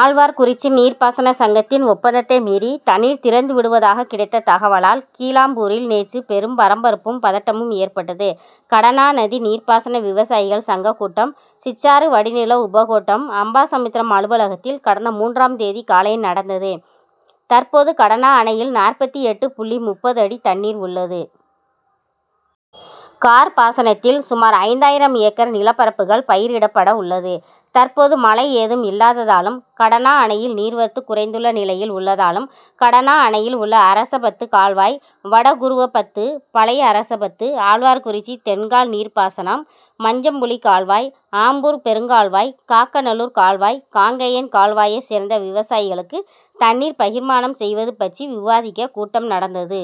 ஆழ்வார்குறிச்சி நீர்பாசன சங்கத்தின் ஒப்பந்தத்தை மீறி தண்ணீர் திறந்து விடுவதாக கிடைத்த தகவலால் கீழாம்பூரில் நேற்று பெரும் பரபரப்பும், பதட்டமும் ஏற்பட்டது. கடனாநதி நீர்பாசன விவசாயிகள் சங்க கூட்டம் சிற்றாறு வடிநில உபகோட்டம் அம்பாசமுத்திரம் அலுவலகத்தில் கடந்த மூன்றாம் தேதி காலை நடந்தது. தற்போது கடனா அணையில் நாற்பத்தெட்டு புள்ளி முப்பது அடி தண்ணீர் உள்ளது. கார் பாசனத்தில் சுமார் ஐந்தாயிரம் ஏக்கர் நிலப்பரப்புகள் பயிரிடப்பட உள்ளது. தற்போது மழை ஏதும் இல்லாததாலும், கடனா அணையின் நீர்வரத்து குறைந்துள்ள நிலையில் உள்ளதாலும் கடனா அணையில் உள்ள அரசபத்து கால்வாய், வடகுருவபத்து, பழைய அரசபத்து, ஆழ்வார்குறிச்சி தென்கால் நீர்பாசனம், மஞ்சப்புளி கால்வாய், ஆம்பூர் பெருங்கால்வாய், காக்கநல்லூர் கால்வாய், காங்கேயன் கால்வாயை சேர்ந்த விவசாயிகளுக்கு தண்ணீர் பகிர்மானம் செய்வது பற்றி விவாதிக்க கூட்டம் நடந்தது.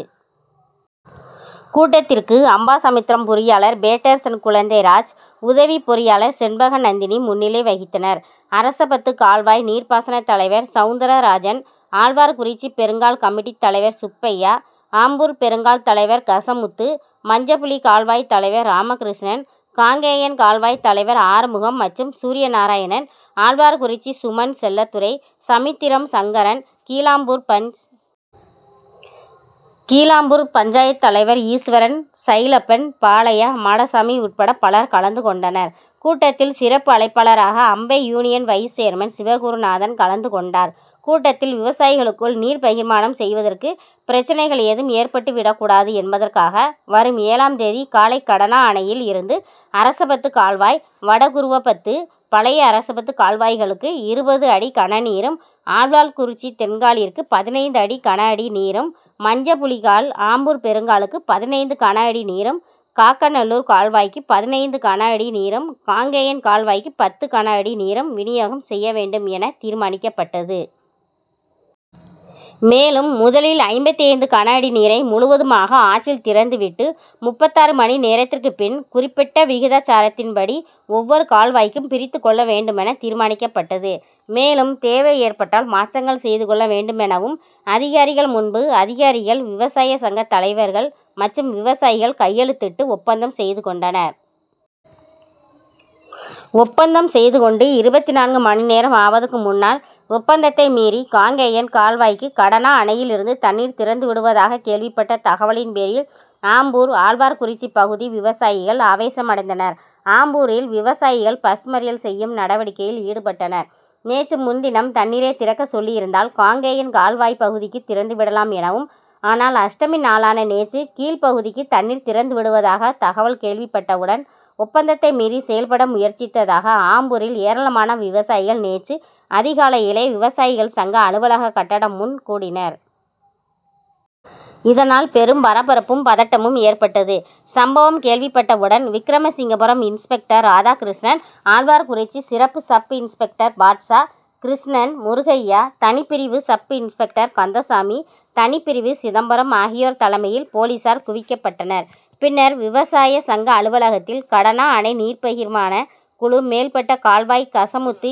கூட்டத்திற்கு அம்பாசமுத்திரம் பொறியாளர் பேட்டர்சன் குழந்தைராஜ், உதவி பொறியாளர் செண்பகநந்தினி முன்னிலை வகித்தனர். அரசபத்து கால்வாய் நீர்பாசன தலைவர் சவுந்தரராஜன், ஆழ்வார்குறிச்சி பெருங்கால் கமிட்டி தலைவர் சுப்பையா, ஆம்பூர் பெருங்கால் தலைவர் கசமுத்து, மஞ்சபுளி கால்வாய் தலைவர் ராமகிருஷ்ணன், காங்கேயன் கால்வாய் தலைவர் ஆறுமுகம் மற்றும் சூரியநாராயணன், ஆழ்வார்குறிச்சி சுமன் செல்லத்துரை, சமுத்திரம், சங்கரன், கீழாம்பூர் பஞ்., தலைவர் ஈஸ்வரன், சைலப்பன், பாலையா, மாடசாமி உட்பட பலர் கலந்து கொண்டனர். கூட்டத்தில் சிறப்பு அழைப்பாளராக Ambai union vice chairman Sivagurunathan கலந்து கொண்டார். கூட்டத்தில், விவசாயிகளுக்குள் நீர் பகிர்மானம் செய்வதற்கு பிரச்னைகள் ஏதும் ஏற்பட்டுவிடக்கூடாது என்பதற்காக வரும் ஏழாம் தேதி காலை கடனா அணையில் இருந்து அரசபத்து கால்வாய், வடகுருவபத்து, பழைய அரசபத்து கால்வாய்களுக்கு இருபது கனஅடி நீரும், ஆழ்வார்குறிச்சி தென்காலிற்கு பதினைந்து அடி கனஅடி நீரும், மஞ்சபுளிகால், ஆம்பூர் பெருங்காலுக்கு பதினைந்து கனஅடி நீரும், காக்கநல்லூர் கால்வாய்க்கு பதினைந்து கனஅடி நீரும், காங்கேயன் கால்வாய்க்கு பத்து கனஅடி நீரும் வினியோகம் செய்ய வேண்டும் என தீர்மானிக்கப்பட்டது. மேலும் முதலில் ஐம்பத்தைந்து கனஅடி நீரை முழுவதுமாக ஆற்றில் திறந்துவிட்டு முப்பத்தாறு மணி நேரத்திற்கு பின் குறிப்பிட்ட விகிதாசாரத்தின்படி ஒவ்வொரு கால்வாய்க்கும் பிரித்துக் கொள்ள வேண்டுமென தீர்மானிக்கப்பட்டது. மேலும் தேவை ஏற்பட்டால் மாற்றங்கள் செய்து கொள்ள வேண்டுமெனவும் அதிகாரிகள் முன்பு அதிகாரிகள், விவசாய சங்க தலைவர்கள் மற்றும் விவசாயிகள் கையெழுத்திட்டு ஒப்பந்தம் செய்து கொண்டனர். ஒப்பந்தம் செய்து கொண்டு இருபத்துநான்கு மணிநேரம் ஆவதற்கு முன்னால் ஒப்பந்தத்தை மீறி காங்கேயன் கால்வாய்க்கு கடனா அணையில் இருந்து தண்ணீர் திறந்து விடுவதாக கேள்விப்பட்ட தகவலின் பேரில் ஆம்பூர், ஆழ்வார்குறிச்சி பகுதி விவசாயிகள் ஆவேசமடைந்தனர். ஆம்பூரில் விவசாயிகள் பஸ் மறியல் செய்யும் நடவடிக்கையில் ஈடுபட்டனர். நேற்று முன்தினம் தண்ணீரை திறக்க சொல்லியிருந்தால் காங்கேயன் கால்வாய் பகுதிக்கு திறந்துவிடலாம் எனவும், ஆனால் அஷ்டமி நாளான நேற்று கீழ்ப்பகுதிக்கு தண்ணீர் திறந்து விடுவதாக தகவல் கேள்விப்பட்டவுடன் ஒப்பந்தத்தை மீறி செயல்பட முயற்சித்ததாக ஆம்பூரில் ஏராளமான விவசாயிகள் நேற்று அதிகாலையிலேயே விவசாயிகள் சங்க அலுவலக கட்டடம் முன் கூடினர். இதனால் பெரும் பரபரப்பும், பதட்டமும் ஏற்பட்டது. சம்பவம் கேள்விப்பட்டவுடன் விக்கிரமசிங்கபுரம் இன்ஸ்பெக்டர் ராதாகிருஷ்ணன், ஆழ்வார்குறிச்சி சிறப்பு சப்-இன்ஸ்பெக்டர் பாட்ஷா, கிருஷ்ணன், முருகையா, தனிப்பிரிவு சப்-இன்ஸ்பெக்டர் கந்தசாமி, தனிப்பிரிவு சிதம்பரம் ஆகியோர் தலைமையில் போலீசார் குவிக்கப்பட்டனர். பின்னர் விவசாய சங்க அலுவலகத்தில் கடனா அணை நீர்பகிர்மான குழு மேல்மட்ட கால்வாய் கசமுத்து,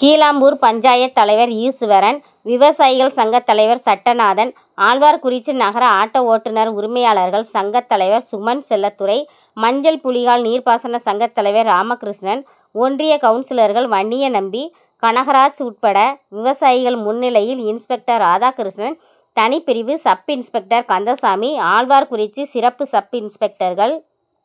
கீழாம்பூர் பஞ்., தலைவர் ஈஸ்வரன், விவசாயிகள் சங்க தலைவர் சட்டநாதன், ஆழ்வார்குறிச்சி நகர ஆட்டோ ஓட்டுனர் உரிமையாளர்கள் சங்க தலைவர் சுமன் செல்லத்துரை, மஞ்சள்புளிகால் நீர்பாசன சங்க தலைவர் ராமகிருஷ்ணன், ஒன்றிய கவுன்சிலர்கள் வன்னியநம்பி, கனகராஜ் உட்பட விவசாயிகள் முன்னிலையில் இன்ஸ்பெக்டர் ராதாகிருஷ்ணன், தனிப்பிரிவு சப்-இன்ஸ்பெக்டர் கந்தசாமி, ஆழ்வார்குறிச்சி சிறப்பு சப்-இன்ஸ்பெக்டர்கள்